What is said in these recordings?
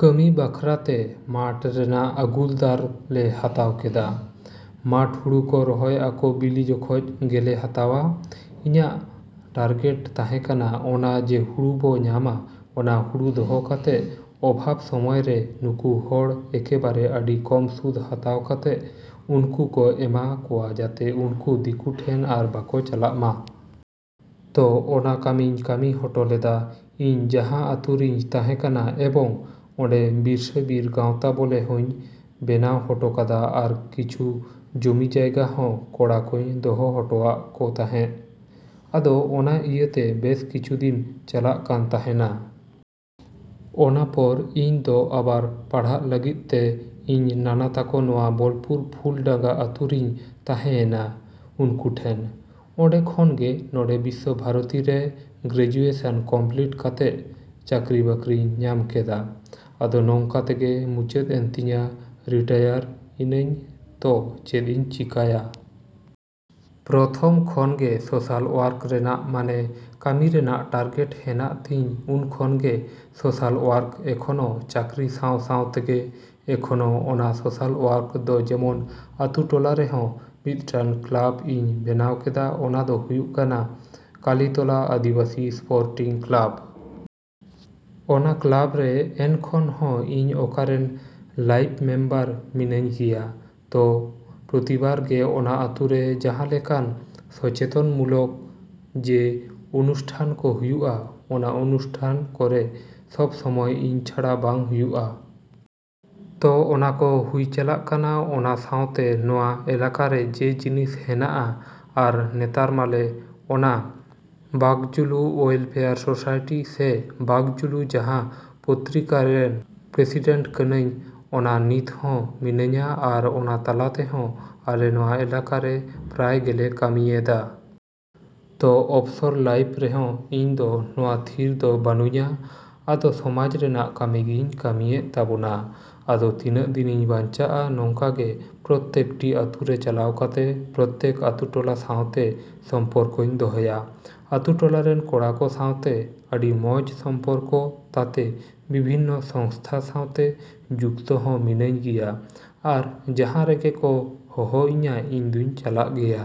‎ᱠᱟᱹᱢᱤ ᱵᱟᱠᱷᱨᱟ ᱛᱮ ᱢᱟᱴᱷ ᱨᱮᱱᱟᱜ ᱟᱜᱩᱞᱫᱟᱨ ᱞᱮ ᱦᱟᱛᱟᱣ ᱠᱮᱫᱟ᱾ ᱢᱟᱴᱷ ᱦᱩᱲᱩ ᱠᱚ ᱨᱚᱦᱚᱭ ᱟᱠᱚ ᱵᱤᱞᱤ ᱡᱚᱠᱷᱚᱡ ᱜᱮᱞᱮ ᱦᱟᱛᱟᱣᱟ᱾ ᱤᱧᱟᱜ ᱴᱟᱨᱜᱮᱴ ᱛᱟᱸᱦᱮ ᱠᱟᱱᱟ ᱚᱱᱟ ᱡᱮ ᱦᱩᱲᱩ ᱵᱚ ᱧᱟᱢᱟ ᱚᱱᱟ ᱦᱩᱲᱩ ᱫᱚᱦᱚ ᱠᱟᱛᱮᱜ ᱚᱵᱷᱟᱵᱽ ᱥᱚᱢᱚᱭᱨᱮ ᱱᱩᱠᱩ ᱦᱚᱲ ᱮᱠᱮᱵᱟᱨᱮ ᱟᱹᱰᱤ ᱠᱚᱢ ᱥᱩᱫ ᱦᱟᱛᱟᱣ ᱠᱟᱛᱮᱜ ᱩᱱᱠᱩ ᱠᱚ ᱮᱢᱟ ᱠᱚᱣᱟ ᱡᱟᱛᱮ ᱩᱱᱠᱩ ᱫᱤᱠᱩ ᱴᱷᱮᱱ ᱟᱨ ᱵᱟᱠᱚ ᱪᱟᱞᱟᱜ ᱢᱟ᱾ ᱛᱚ ᱚᱱᱟ ᱠᱟᱹᱢᱤᱧ ᱠᱟᱹᱢᱤ ᱦᱚᱴᱚ ᱞᱮᱫᱟ ᱤᱧ ᱡᱟᱸᱦᱟ ᱟᱹᱛᱩᱨᱤᱧ ᱛᱟᱸᱦᱮ ᱠᱟᱱᱟ ᱮᱵᱚᱝ ᱚᱸᱰᱮ ᱵᱤᱨᱥᱟᱹᱼᱵᱤᱨ ᱜᱟᱶᱛᱟ ᱵᱚᱞᱮ ᱦᱚᱧ ᱵᱮᱱᱟᱣ ᱦᱚᱴᱚ ᱠᱟᱫᱟ ᱟᱨ ᱠᱤᱪᱷᱩ ᱡᱚᱢᱤ ᱡᱟᱭᱜᱟ ᱦᱚᱸ ᱠᱚᱲᱟ ᱠᱚᱧ ᱫᱚᱦᱚ ᱦᱚᱴᱚᱣᱟᱜ ᱠᱚ ᱛᱟᱸᱦᱮᱜ᱾ ᱟᱫᱚ ᱚᱱᱟ ᱤᱭᱟᱹᱛᱮ ᱵᱮᱥ ᱠᱤᱪᱷᱩ ᱫᱤᱱ ᱪᱟᱞᱟᱜ ᱠᱟᱱ ᱛᱟᱸᱦᱮᱱᱟ᱾ ᱚᱱᱟ ᱯᱚᱨ ᱤᱧ ᱫᱚ ᱟᱵᱟᱨ ᱯᱟᱲᱦᱟᱜ ᱞᱟᱹᱜᱤᱫᱛᱮ ᱤᱧ ᱱᱟᱱᱟ ᱛᱟᱠᱚ ᱱᱚᱣᱟ ᱵᱚᱞᱯᱩᱨ ᱯᱷᱩᱞ ᱰᱟᱝᱜᱟ ᱟᱹᱛᱩ ᱨᱤᱧ ᱛᱟᱸᱦᱮᱭᱮᱱᱟ ᱩᱱᱠᱩ ᱴᱷᱮᱱ᱾ ᱚᱸᱰᱮ ᱠᱷᱚᱱᱜᱮ ᱱᱚᱰᱮ ᱵᱤᱥᱥᱚ ᱵᱷᱟᱨᱚᱛᱤᱨᱮ ᱜᱨᱮᱡᱩᱭᱮᱥᱚᱱ ᱠᱚᱢᱯᱞᱤᱴ ᱠᱟᱛᱮᱜ ᱪᱟᱹᱠᱨᱤ ᱵᱟᱹᱠᱨᱤᱧ ᱧᱟᱢ ᱠᱮᱫᱟ᱾ ᱟᱫᱚ ᱱᱚᱝᱠᱟ ᱛᱮᱜᱮ ᱢᱩᱪᱟᱹᱫ ᱮᱱ ᱛᱤᱧᱟ ᱨᱤᱴᱟᱭᱟᱨ ᱤᱱᱟᱹᱧ ᱛᱚ ᱪᱮᱫ ᱤᱧ ᱪᱤᱠᱟᱭᱟ᱾ ᱯᱨᱚᱛᱷᱚᱢ ᱠᱷᱚᱱᱜᱮ ᱥᱚᱥᱟᱞ ᱚᱣᱟᱨᱠ ᱨᱮᱱᱟᱜ ᱢᱟᱱᱮ ᱠᱟᱹᱢᱤ ᱨᱮᱭᱟᱜ ᱴᱟᱨᱜᱮᱴ ᱦᱮᱱᱟᱜ ᱛᱤᱧ ᱩᱱᱠᱷᱚᱱ ᱜᱮ ᱥᱚᱥᱟᱞ ᱚᱣᱟᱨᱠ ᱮᱠᱷᱚᱱᱚ ᱪᱟᱠᱨᱤ ᱥᱟᱶ ᱥᱟᱶ ᱛᱮᱜᱮ ᱮᱠᱷᱚᱱᱚ ᱚᱱᱟ ᱥᱚᱥᱟᱞ ᱚᱣᱟᱨᱠ ᱫᱚ ᱡᱮᱢᱚᱱ ᱟᱹᱛᱩ ᱴᱚᱞᱟ ᱨᱮᱦᱚᱸ ᱢᱤᱫᱴᱟᱱ ᱠᱞᱟᱵᱽ ᱤᱧ ᱵᱮᱱᱟᱣ ᱠᱮᱫᱟ ᱚᱱᱟ ᱫᱚ ᱦᱩᱭᱩᱜ ᱠᱟᱱᱟ ᱠᱟᱞᱤᱛᱚᱞᱟ ᱟᱫᱤᱵᱟᱥᱤ ᱥᱯᱚᱨᱴᱤᱝ ᱠᱞᱟᱵᱽ᱾ ᱚᱱᱟ ᱠᱞᱟᱵᱽ ᱨᱮ ᱮᱱᱠᱷᱚᱱᱦᱚᱸ ᱤᱧ ᱚᱱᱟᱨᱮᱱ ᱞᱟᱭᱤᱵᱽ ᱢᱮᱢᱵᱟᱨ ᱢᱤᱱᱟᱹᱧ ᱜᱮᱭᱟ᱾ ᱛᱚ ᱯᱨᱚᱛᱤᱵᱟᱨ ᱜᱮ ᱚᱱᱟ ᱟᱛᱩ ᱨᱮ ᱡᱟᱸᱦᱟ ᱞᱮᱠᱟᱱ ᱥᱚᱪᱮᱛᱚᱱ ᱢᱩᱞᱚᱠ ᱡᱮ ᱚᱱᱩᱥᱴᱷᱟᱱ ᱠᱚ ᱦᱩᱭᱩᱜᱼᱟ ᱚᱱᱟ ᱚᱱᱩᱥᱴᱷᱟᱱ ᱠᱚᱨᱮ ᱥᱚᱵᱽ ᱥᱚᱢᱚᱭ ᱤᱧ ᱪᱷᱟᱲᱟ ᱵᱟᱝ ᱦᱩᱭᱩᱜᱼᱟ᱾ ᱛᱚ ᱚᱱᱟ ᱠᱚ ᱦᱩᱭ ᱪᱟᱞᱟᱜ ᱠᱟᱱᱟ ᱚᱱᱟ ᱥᱟᱶᱛᱮ ᱱᱚᱣᱟ ᱮᱞᱟᱠᱟᱨᱮ ᱡᱮ ᱡᱤᱱᱤᱥ ᱦᱮᱱᱟᱜᱼᱟ ᱟᱨ ᱱᱮᱛᱟᱨ ᱢᱟᱞᱮ ᱚᱱᱟ ᱵᱟᱠᱡᱩᱞᱩ ᱳᱭᱮᱞᱯᱷᱮᱭᱟᱨ ᱥᱚᱥᱟᱭᱴᱤ ᱥᱮ ᱵᱟᱠ ᱡᱩᱞᱩ ᱡᱟᱸᱦᱟ ᱯᱚᱛᱨᱤᱠᱟ ᱨᱮᱱ ᱯᱨᱮᱥᱤᱰᱮᱱᱴ ᱠᱟᱱᱟᱧ ᱟᱨ ᱱᱤᱛ ᱦᱚᱸ ᱢᱤᱱᱟᱹᱧᱟ ᱟᱨ ᱚᱱᱟ ᱛᱟᱞᱟ ᱛᱮᱦᱚᱸ ᱟᱞᱮ ᱱᱚᱣᱟ ᱮᱞᱟᱠᱟᱨᱮ ᱯᱨᱟᱭ ᱜᱮᱞᱮ ᱠᱟᱹᱢᱤᱭᱮᱫᱟ᱾ ᱛᱚ ᱚᱯᱥᱚᱨ ᱞᱟᱭᱤᱯᱷ ᱨᱮᱦᱚᱸ ᱤᱧ ᱫᱚ ᱱᱚᱣᱟ ᱛᱷᱤᱨ ᱫᱚ ᱵᱟᱹᱱᱩᱧᱟ ᱟᱫᱚ ᱥᱚᱢᱟᱡᱽ ᱨᱮᱱᱟᱜ ᱠᱟᱹᱢᱤ ᱜᱤᱧ ᱠᱟᱹᱢᱤᱭᱮᱜ ᱛᱟᱵᱚᱱᱟ᱾ ᱟᱫᱚ ᱛᱤᱱᱟᱹᱜ ᱫᱤᱱᱤᱧ ᱵᱟᱧᱪᱟᱜᱼᱟ ᱱᱚᱝᱠᱟᱜᱮ ᱯᱨᱚᱛᱛᱮᱠᱴᱤ ᱟᱹᱛᱩ ᱨᱮ ᱪᱟᱞᱟᱣ ᱠᱟᱛᱮ ᱯᱨᱚᱛᱛᱮᱠ ᱟᱛᱩ ᱴᱚᱞᱟ ᱥᱟᱶᱛᱮ ᱥᱚᱢᱯᱚᱨᱠᱚᱧ ᱫᱚᱦᱚᱭᱟ, ᱟᱹᱛᱩ ᱴᱚᱞᱟᱨᱮᱱ ᱠᱚᱲᱟ ᱠᱚ ᱥᱟᱶᱛᱮ ᱟᱹᱰᱤ ᱢᱚᱸᱡᱽ ᱥᱚᱢᱯᱚᱨᱠᱚ ᱛᱟᱛᱮ ᱵᱤᱵᱷᱤᱱᱱᱚ ᱥᱚᱝᱥᱛᱟ ᱥᱟᱣᱛᱮ ᱡᱩᱠᱛᱚ ᱦᱚᱸ ᱢᱤᱱᱟᱹᱧ ᱜᱮᱭᱟ ᱟᱨ ᱡᱟᱸᱦᱟ ᱨᱮᱜᱮ ᱠᱚ ᱦᱚᱦᱚ ᱤᱧᱟ ᱤᱧᱫᱩᱧ ᱪᱟᱞᱟᱜ ᱜᱮᱭᱟ᱾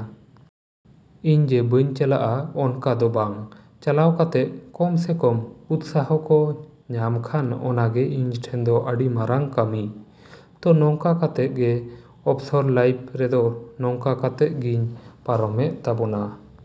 ᱤᱧ ᱡᱮ ᱵᱟᱹᱧ ᱪᱟᱞᱟᱜᱼᱟ ᱚᱱᱠᱟ ᱫᱚ ᱵᱟᱝ᱾ ᱪᱟᱞᱟᱣ ᱠᱟᱛᱮᱜ ᱠᱚᱢᱥᱮ ᱠᱚᱢ ᱩᱛᱥᱟᱦᱚ ᱠᱚ ᱧᱟᱢ ᱠᱷᱟᱱ ᱚᱱᱟᱜᱮ ᱤᱧ ᱴᱷᱮᱱ ᱫᱚ ᱟᱹᱰᱤ ᱢᱟᱨᱟᱝ ᱠᱟᱹᱢᱤ᱾ ᱛᱚ ᱱᱚᱝᱠᱟ ᱠᱟᱛᱮᱜ ᱜᱮ ᱚᱯᱥᱚᱨ ᱞᱟᱭᱤᱯᱷ ᱨᱮᱫᱚ ᱱᱚᱝᱠᱟ ᱠᱟᱛᱮᱜ ᱜᱤᱧ ᱯᱟᱨᱚᱢᱮᱜ ᱛᱟᱵᱚᱱᱟ᱾।